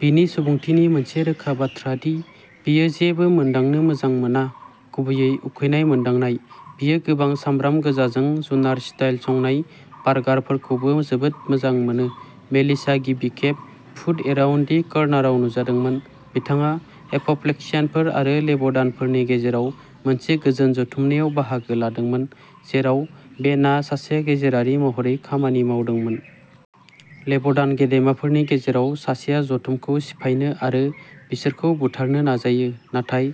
बिनि सुबुंथिनि मोनसे रोखा बाथ्रा दि बियो जेबो मोनदांनो मोजां मोना, गुबैयै उखैनाय मोनदांनाय। बियो गोबां सामब्राम गोजाजों जुनार-स्टाइल संनाय बार्गारफोरखौबो जोबोद मोजां मोनो। मेलिसआ गिबि खेब फुड एराउन्ड दि कर्नारआव नुजादोंमोन। बिथाङा एप'प्लेक्सियानफोर आरो लेव'डानफोरनि गेजेराव मोनसे गोजोन जथुमनायाव बाहागो लादोंमोन, जेराव बेनआ सासे गेजेरारि महरै खामानि मावदोंमोन। लेव'डान गेदेमाफोरनि गेजेराव सासेया जथुमखौ सिफायनो आरो बिसोरखौ बुथारनो नाजायो। नाथाय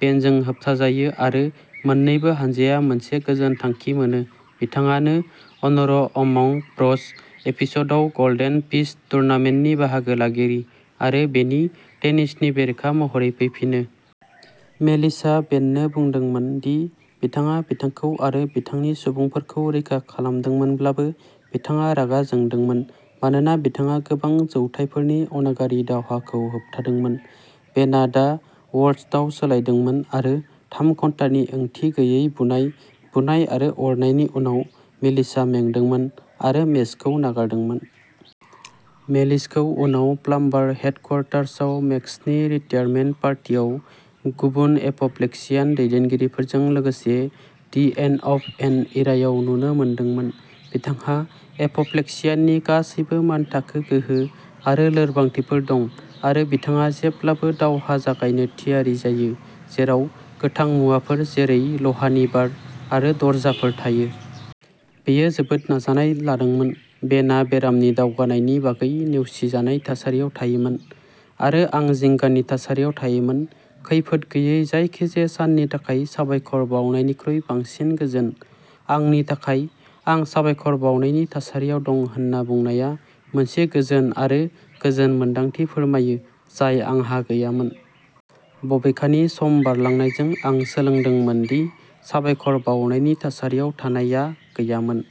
बेनजों होबथाजायो, आरो मोन्नैबो हानजाया मोनसे गोजोन थांखि मोनो। बिथाङा नो अन'र अमंग ब्र'स एपिस'डआव गल्डेन फिस्ट टुर्नामेन्टनि बाहागो लागिरि आरो बेन टेनिसननि बेरेखा महरै फैफिनो। मेलिसआ बेननो बुंदोंमोन दि बिथाङा बिथांखौ आरो बिथांनि सुबुंफोरखौ रैखा खालामदोंमोनब्लाबो, बिथाङा रागा जोंदोंमोन मानोना बिथाङा गोबां जौथाइफोरनि अनागारि दावहाखौ होबथादोंमोन। बेनआ दा वर्स्टआव सोलायदोंमोन, आरो थाम घन्टानि ओंथि गैयै बुनाय, बुनाय आरो अरनायनि उनाव, मेलिसआ मेंदोंमोन आरो मेचखौ नागारदोंमोन। मेलिसखौ उनाव प्लाम्बार हेडक्वार्टार्सआव मेक्सनि रिटायारमेन्ट पार्टियाव गुबुन एप'प्लेक्सियान दैदेनगिरिफोरजों लोगोसे दि एन्ड अफ एन इरायाव नुनो मोनदोंमोन। बिथांहा एप'प्लेक्सियाननि गासैबो मानथाखो गोहो आरो लोरबांथिफोर दं आरो बिथाङा जेब्लाबो दावहा जागायनो थियारि थायो, जेराव गोथां मुवाफोर जेरै लहानि बार आरो दरजाफोर थायो। बेयो जोबोद नाजानाय लादोंमोन। बेनआ बेरामनि दावगानायनि बागै नेवसिजानाय थासारियाव थायोमोन, आरो आं जिंगानि थासारियाव थायोमोन, खैफोद गैयै जायखिजाया साननि थाखाय साबायखर बावनायनिख्रुइ बांसिन गोजोन। आंनि थाखाय, आं साबायखर बावनायनि थासारियाव दं होन्ना बुंनाया मोनसे गोजोन आरो गोजोन मोन्दांथि फोरमायो जाय आंहा गैयामोन। बबेखानि, सम बारलांनायजों, आं सोलोंदोंमोन दि" साबायखर बावनायनि थासारियाव थानाय "आ गैयामोन।